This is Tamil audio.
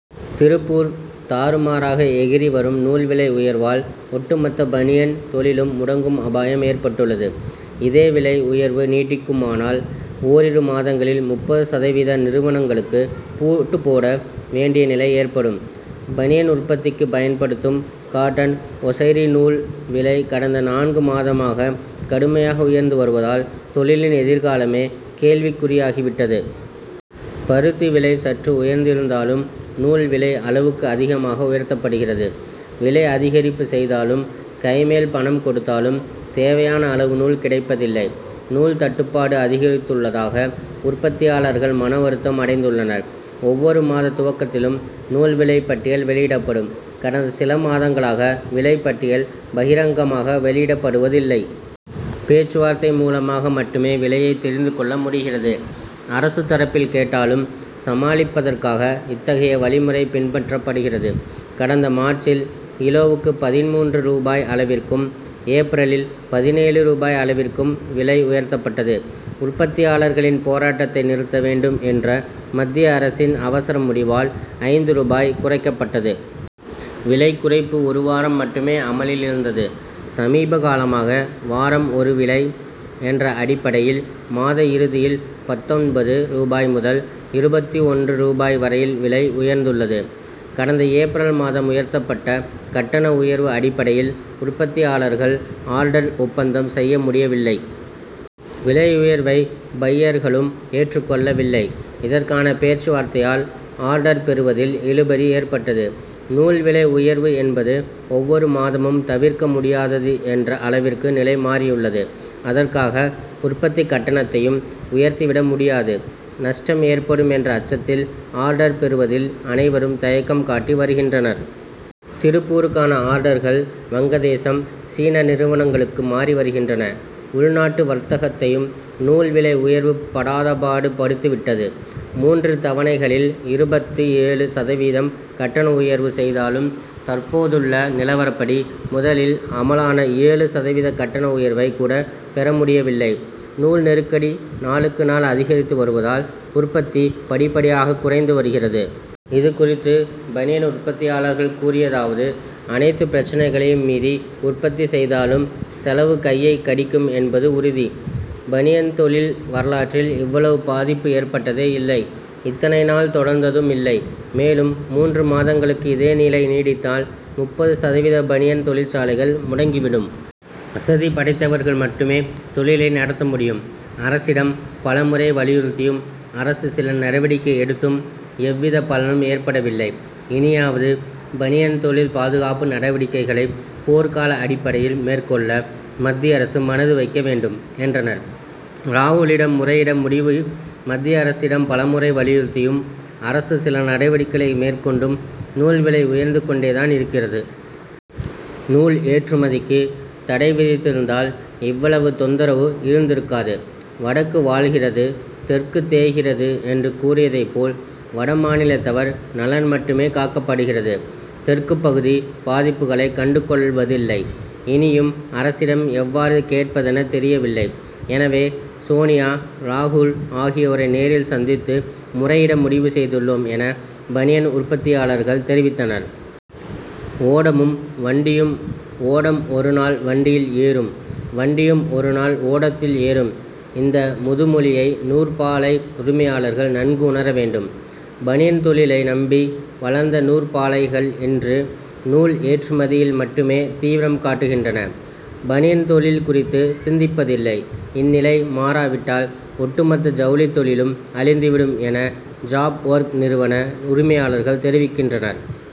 திருப்பூர் தாறுமாறாக எகிறி வரும் நூல் விலை உயர்வால், ஒட்டுமொத்த பனியன் தொழிலும் முடங்கும் அபாயம் ஏற்பட்டுள்ளது. இதேவிலை உயர்வு நீடிக்குமானால், ஓரிரு மாதங்களில், முப்பது சதவீத நிறுவனங்களுக்கு பூட்டுப்போட வேண்டிய நிலை ஏற்படும். பனியன் உற்பத்திக்கு பயன்படுத்தும், காட்டன் ஒசைரி நூல் விலை கடந்த நான்கு மாதமாக கடுமையாக உயர்ந்து வருவதால், தொழிலின் எதிர்காலமே கேள்விக்குறியாகி விட்டது. பருத்தி விலை சற்று உயர்ந்திருந்தாலும், நூல் விலை அளவுக்கு அதிகமாக உயர்த்தப்படுகிறது. விலை அதிகரிப்பு செய்தாலும், கைமேல் பணம் கொடுத்தாலும், தேவையான அளவு நூல் கிடைப்பதில்லை. நூல் தட்டுப்பாடு அதிகரித்துள்ளதாக உற்பத்தியாளர்கள் மனவருத்தம் அடைந்துள்ளனர். ஒவ்வொரு மாத துவக்கத்திலும் நூல் விலை பட்டியல் வெளியிடப்படும். கடந்த சிலமாதங்களாக, விலை பட்டியல் பகிரங்கமாக வெளியிடப்படுவதில்லை. பேச்சுவார்த்தை மூலமாக மட்டுமே விலையை தெரிந்துகொள்ள முடிகிறது. அரசு தரப்பில் கேட்டாலும், சமாளிப்பதற்காக இத்தகைய வழிமுறை பின்பற்றப்படுகிறது. கடந்த மார்ச்சில், கிலோவுக்கு பதின்மூன்று ரூபாய் அளவிற்கும், ஏப்ரலில் பதினேழு ரூபாய் அளவிற்கும் விலை உயர்த்தப்பட்டது. உற்பத்தியாளர்களின் போராட்டத்தை நிறுத்த வேண்டும் என்ற மத்திய அரசின் அவசர முடிவால், ஐந்து ரூபாய் குறைக்கப்பட்டது. விலை குறைப்பு ஒருவாரம் மட்டுமே அமலில் இருந்தது. சமீபகாலமாக, வாரம் ஒருவிலை என்ற அடிப்படையில், மாத இறுதியில், பத்தொன்பது ரூபாய் முதல் இருபத்து ஒன்று ரூபாய் வரையில் விலை உயர்ந்துள்ளது. கடந்த ஏப்ரல் மாதம் உயர்த்தப்பட்ட கட்டண உயர்வு அடிப்படையில், உற்பத்தியாளர்கள் ஆர்டர் ஒப்பந்தம் செய்ய முடியவில்லை. விலை உயர்வை பையர்களும் ஏற்றுக்கொள்ளவில்லை. இதற்கான பேச்சுவார்த்தையால், ஆர்டர் பெறுவதில் இழுபறி ஏற்பட்டது. நூல் விலை உயர்வு என்பது ஒவ்வொரு மாதமும் தவிர்க்க முடியாதது என்ற அளவிற்கு நிலை மாறியுள்ளது. அதற்காக, உற்பத்தி கட்டணத்தையும் உயர்த்திவிட முடியாது. நஷ்டம் ஏற்படும் என்ற அச்சத்தில், ஆர்டர் பெறுவதில் அனைவரும் தயக்கம் காட்டி வருகின்றனர். திருப்பூருக்கான ஆர்டர்கள், வங்கதேசம், சீன நிறுவனங்களுக்கு மாறிவருகின்றன. உள்நாட்டு வர்த்தகத்தையும், நூல் விலை உயர்வு படாதபாடு படுத்திவிட்டது. மூன்று தவணைகளில், இருபத்து ஏழு சதவீதம் கட்டண உயர்வு செய்தாலும், தற்போதுள்ள நிலவரப்படி முதலில் அமலான ஏழு சதவீத கட்டண உயர்வை கூட பெறமுடியவில்லை. நூல்நெருக்கடி நாளுக்கு நாள் அதிகரித்து வருவதால் உற்பத்தி படிப்படியாக குறைந்து வருகிறது. இதுகுறித்து பனியன் உற்பத்தியாளர்கள் கூறியதாவது அனைத்து பிரச்னைகளையும் மீறி உற்பத்தி செய்தாலும், செலவு கையை கடிக்கும் என்பது உறுதி. பனியன் தொழில் வரலாற்றில், இவ்வளவு பாதிப்பு ஏற்பட்டதே இல்லை; இத்தனை நாள் தொடர்ந்ததும் இல்லை. மேலும் மூன்று மாதங்களுக்கு இதேநிலை நீடித்தால், முப்பது சதவீத பனியன் தொழிற்சாலைகள் முடங்கிவிடும். வசதிபடைத்தவர்கள் மட்டுமே தொழிலை நடத்த முடியும். அரசிடம் பலமுறை வலியுறுத்தியும், அரசு சில நடவடிக்கை எடுத்தும் எவ்வித பலனும் ஏற்படவில்லை. இனியாவது பனியன் தொழில் பாதுகாப்பு நடவடிக்கைகளை போர்க்கால அடிப்படையில் மேற்கொள்ள, மத்திய அரசு மனது வைக்க வேண்டும், என்றனர். ராகுலிடம் முறையிட முடிவு மத்திய அரசிடம் பலமுறை வலியுறுத்தியும், அரசு சில நடவடிக்கைகளை மேற்கொண்டும் நூல் விலை உயர்ந்துகொண்டே தான் இருக்கிறது. நூல் ஏற்றுமதிக்கு தடைவிதித்திருந்தால், இவ்வளவு தொந்தரவு இருந்திருக்காது. "வடக்கு வாழ்கிறது தெற்கு தேய்கிறது' என்று கூறியதை போல், வடமாநிலத்தவர் நலன் மட்டுமே காக்கப்படுகிறது. தெற்குப்பகுதி பாதிப்புகளை கண்டுகொள்வதில்லை. இனியும் அரசிடம் எவ்வாறு கேட்பதென தெரியவில்லை. எனவே, சோனியா, ராகுல் ஆகியோரை நேரில் சந்தித்து முறையிட முடிவு செய்துள்ளோம் என, பனியன் உற்பத்தியாளர்கள் தெரிவித்தனர். ஓடமும், வண்டியும் ஓடம் ஓருநாள் வண்டியில் ஏறும். வண்டியும் ஓருநாள் ஓடத்தில் ஏறும்' இந்த முதுமொழியை நூற்பாலை உரிமையாளர்கள் நன்கு உணரவேண்டும். பனியன் தொழிலை நம்பி வளர்ந்த நூற்பாலைகள் இன்று, நூல் ஏற்றுமதியில் மட்டுமே தீவிரம் காட்டுகின்றன; பனியன் தொழில் குறித்து சிந்திப்பதில்லை. இந்நிலை மாறாவிட்டால், ஒட்டுமொத்த ஜவுளித்தொழிலும் அழிந்துவிடும் என, ஜாப் ஒர்க் நிறுவன உரிமையாளர்கள் தெரிவிக்கின்றனர்.